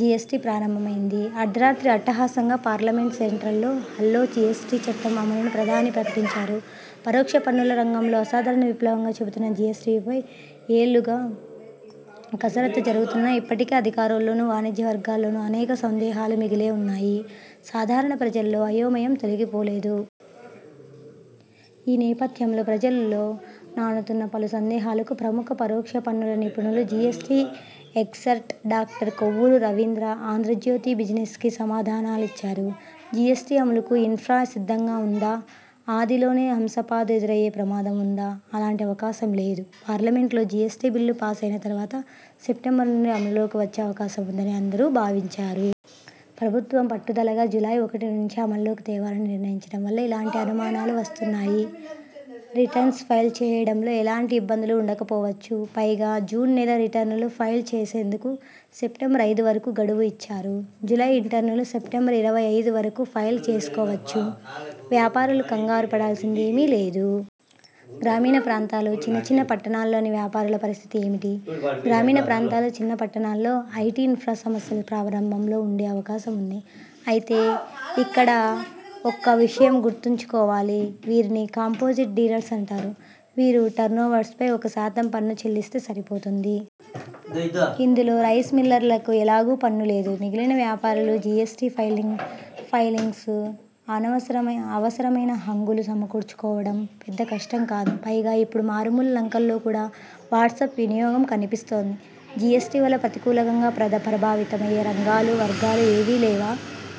GST ప్రారంభమైంది. అర్ధరాత్రి అట్టహాసంగా పార్లమెంట్ సెంట్రల్ హాల్లో జిఎస్టి చట్టం అమలును ప్రధాని ప్రకటించారు. పరోక్ష పన్నుల రంగంలో అసాధారణ విప్లవంగా చెబుతున్న జిఎస్టిపై ఏళ్లుగా కసరత్తు జరుగుతున్నా ఇప్పటికే అధికారుల్లోనూ, వాణిజ్యవర్గాల్లోనూ అనేక సందేహాలు మిగిలే ఉన్నాయి. సాధారణ ప్రజల్లో ఆయోమయం తొలిగిపోలేదు. ఈ నేపథ్యంలో ప్రజల్లో నానుతున్న పలు సందేహాలకు ప్రముఖ పరోక్ష పన్నుల నిపుణులు, GST expert doctor Kovvuru Ravindra 'Andhrajyothi బిజినెస్'కి సమాధానాలిచ్చారు. జిఎస్టి అమలుకు ఇన్ఫ్రా సిద్ధంగా ఉందా? ఆదిలోనే హంసపాదు ఎదురయ్యే ప్రమాదం ఉందా? అలాంటి అవకాశం లేదు. పార్లమెంట్లో జిఎస్టి బిల్లు పాస్ ఆయిన తర్వాత సెప్టెంబర్ నుంచి అమల్లోకి వచ్చే అవకాశం ఉందనే అందరూ భావించారు. ప్రభుత్వం పట్టుదలగా జూలై ఒకటి నుంచే అమల్లోకి తేవాలని నిర్ణయించడం వల్ల ఇలాంటి అనుమానాలు వస్తున్నాయి. రిటర్న్స్ ఫైల్ చేయడంలో ఎలాంటి ఇబ్బందులు ఉండకపోవచ్చు. పైగా జూన్ నెల రిటర్నులు ఫైల్ చేసేందుకు సెప్టెంబర్ ఐదు వరకు గడువు ఇచ్చారు జూలై రిటర్నులు సెప్టెంబర్ ఇరవై ఐదు వరకు ఫైల్ చేసుకోవచ్చు వ్యాపారులు కంగారుపడాల్సిందేమీ లేదు. గ్రామీణప్రాంతాలు, చిన్న చిన్న పట్టణాల్లోని వ్యాపారుల పరిస్థితి ఏమిటీ? గ్రామీణ ప్రాంతాలు, చిన్న పట్టణాల్లో ఐటి ఇన్ఫ్రా సమస్యలు ప్రారంభంలో ఉండే అవకాశం ఉంది. అయితే ఇక్కడ ఒక్క విషయం గుర్తుంచుకోవాలి. వీరిని కాంపోజిట్ డీలర్స్ అంటారు. వీరు టర్నోవర్పై ఒక శాతం పన్ను చెల్లిస్తే సరిపోతుంది. ఇందులో రైస్ మిల్లర్లకు ఎలాగూ పన్ను లేదు. మిగిలిన వ్యాపారులు జిఎ్సటి ఫైలింగ్స్కు అవసరమైన హంగులు సమకూర్చుకోవడం పెద్దకష్టం కాదు. పైగా ఇప్పుడు మారుమూల లంకల్లో కూడా వాట్సప్ వినియోగం కనిపిస్తోంది. జిఎస్టి వల్ల ప్రతికూలంగా ప్రభావితమయ్యే రంగాలు, వర్గాలు ఏవీ లేవా?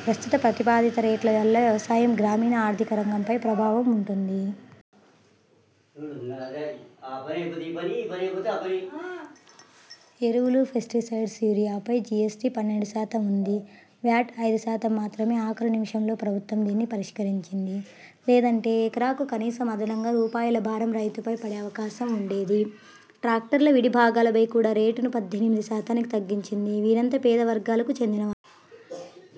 ప్రస్తుత ప్రతిపాదిత రేట్ల వల్ల వ్యవసాయం, గ్రామీణ ఆర్థిక రంగంపై ప్రభావం ఉంటుంది. ఎరువులు, పెస్టిసైడ్స్, యూరియాపై జిఎస్టి పన్నెండు శాతం ఉంది వ్యాట్ ఐదు శాతం మాత్రమే ఆఖరు నిమిషంలో ప్రభుత్వం దీన్ని పరిష్కరించింది. లేదంటే ఎకరాకు కనీసం అదనంగా రూపాయల భారం రైతుపై పడే అవకాశం ఉండేది. ట్రాక్టర్ల విడిభాగాలపై కూడా రేటును పద్దెనిమిది శాతానికి తగ్గించింది వీరంతా పేద వర్గాలకు చెందిన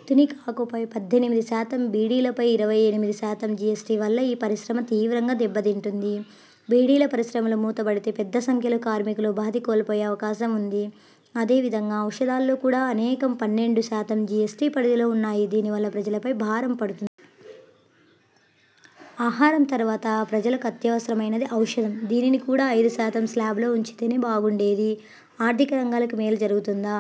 తునికాకుపై పద్దెనిమిది శాతం, బీడీలపై ఇరవై ఎనిమిది శాతం జిఎస్టి వల్ల ఈ పరిశ్రమ తీవ్రంగా దెబ్బతింటుంది బీడీల పరిశ్రమలు మూతబడితే పెద్దసంఖ్యలో కార్మికులు ఉపాధి కోల్పోయే అవకాశం ఉంది. అదే విధంగా ఔషధాల్లో కూడా అనేకం పన్నెండు శాతం జిఎ్సటి పరిధిలో ఉన్నాయి దీనివల్ల ప్రజలపై భారం పడుతుంది. ఆహారం తర్వాత ప్రజలకు అత్యవసరమైనది ఔషధం. దీనిని కూడా ఐదు శాతం స్లాబులో ఉంచితేనే బాగుండేది ఆర్థిక రంగానికి మేలు జరుగుతుందా?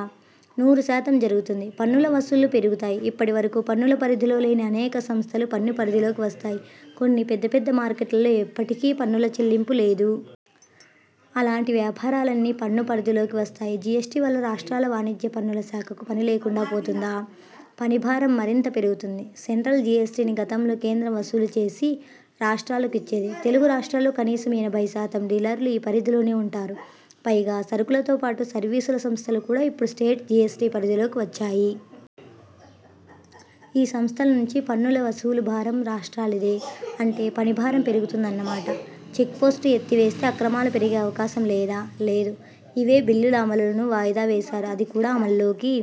నూరు శాతం జరుగుతుంది. పన్నుల వసూళ్లు పెరుగుతాయి. ఇప్పటి వరకు పన్నుల పరిధిలో లేని అనేక సంస్థలు పన్ను పరిధిలోకి వస్తాయి. కొన్ని పెద్ద పెద్ద మార్కెట్లలో ఇప్పటికీ పన్నుల చెల్లింపు లేదు. అలాంటి వ్యాపారాలన్నీ పన్ను పరిధిలోకి వస్తాయి. జిఎస్టి వల్ల రాష్ట్రాల వాణిజ్య పన్నుల శాఖకు పనిలేకుండా పోతుందా? పనిభారం మరింత పెరుగుతుంది. సెంట్రల్ జిఎస్టిని గతంలో కేంద్రం వసూలు చేసి రాష్ట్రాలకు ఇచ్చేది. తెలుగు రాష్ట్రాల్లో కనీసం ఎనభై శాతం డీలర్లు ఈ పరిధిలోనే ఉంటారు పైగా సరుకులతోపాటు సర్వీసుల సంస్థలు కూడా ఇప్పుడు స్టేట్ జిఎస్టి పరిధిలోకి వచ్చాయి. ఈ సంస్థల నుంచి పన్నుల వసూలు భారం రాష్ట్రాలదే. అంటే పని భారం పెరుగుతుందన్నమాట. చెక్పోస్ట్లు ఎత్తివేస్తే అక్రమాలు పెరిగే అవకాశం లేదా? లేదు. ఇ వే బిల్లుల అమలును వాయిదా వేశారు. అది కూడా అమల్లోకి